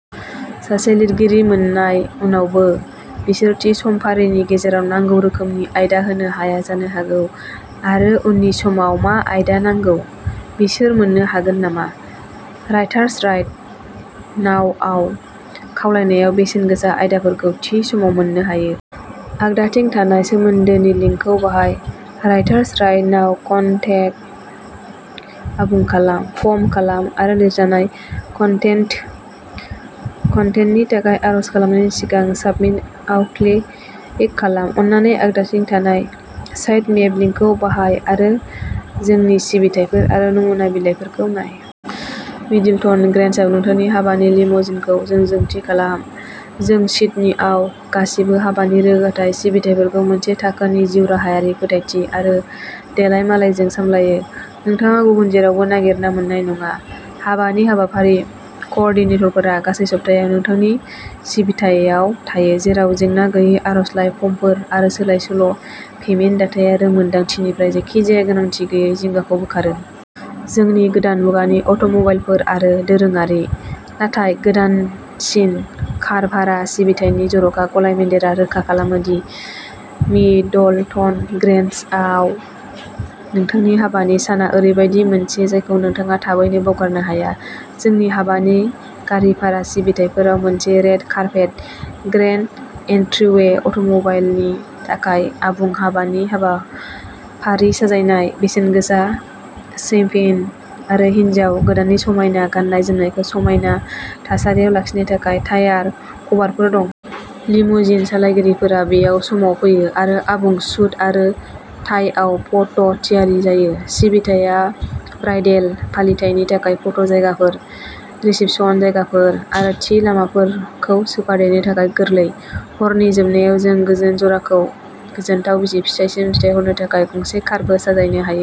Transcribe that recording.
सासे लिरगिरि मोन्नाय उनावबो, बिसोर थि समफारिनि गेजेराव नांगौ रोखोमनि आयदा होनो हाया जानो हागौ। आरो उननि समाव मा आयदा नांगौ? बिसोर मोन्नो हागोन नामा? राइटार्स राइट नाउआव, खावलायनायाव बेसेनगोसा आयदाफोरखौ थि समाव मोननो हायो। आगदाथिं थानाय सोमोन्दोनि लिंकखौ बाहाय राइटार्स राइट नाउ कन्टेक्टखौ आबुं खालाम। फर्म खालाम, आरो लिरजानाय कन्टेन्टनि थाखाय आर'ज खालामनायनि सिगां साबमिट आव क्लिक खालाम, अन्नानै आगदाथिं थानाय साइट मेप लिंकखौ बाहाय, आरो जोंनि सिबिथाइफोर आरो नमुना बिलाइफोरखौ नाय। मिडलटन ग्रेन्जआव नोंथांनि हाबानि लिम'जिनखौ जोंजों थि खालाम। जों सिडनीआव गासिबो हाबानि रोगाथाइ सिबिथाइफोरखौ मोनसे थाखोनि जिउ राहायारि, फोथायथि, आरो देलायमालायजों सामलायो। नोंथाङा गुबुन जेरावबो नागिरना मोन्नाय नङा। हाबानि हाबाफारि क'ओर्डिनेटरफोरा गासै सप्तायाव नोंथांनि सिबिथायाव थायो, जेराव जेंना-गैयै आर'जलाइ फर्मफोर आरो सोलाय-सोल' पेमेन्ट दाथाया रोंमोन्दांथिनिफ्राय जायखिजाया गोनांथि गैयै जिंगाखौ बोखारो। जोंनि गोदान मुगानि अट'म'बाइलफोर आरो दोरोङारि, नाथाय गोदानसिन कार भारा सिबिथायनि जर'खा गलायमोन्देरआ रोखा खालामो दि मिडलटन ग्रेन्ज आव नोंथांनि हाबानि साना ओरैबायदि मोनसे जायखौ नोंथाङा थाबैनो बावगारनो हाया। जोंनि हाबानि गारि भारा सिबिथाइफोराव मोनसे रेड कार्पेट ग्रेन्ड एन्ट्रिवे, अट'मबाइलनि थाखाय आबुं हाबानि हाबाफारि साजायनाय, बेसेनगोसा शैम्पेन, आरो हिन्जाव गोदाननि समायना गाननाय-जोमनायखौ समायना थासारियाव लाखिनो थाखाय टायार कभारफोर दं। लिमुजिन सालायगिरिफोरा बेयाव समाव फैयो आरो आबुं सुट आरो टाइआव फट' थियारि जायो। सिबिथाया ब्राइडेल फालिथायनि थाखाय फट' जायगाफोर, रिसेपसन जायगाफोर, आरो थि लामाफोरखौ सोफादेरनो थाखाय गोरलै। हरनि जोबनायाव, जों गोजोन जराखौ गोजोनथाव बिसि-फिसायसिम दैथायहरनो थाखाय गंसे कारबो साजायनो हायो।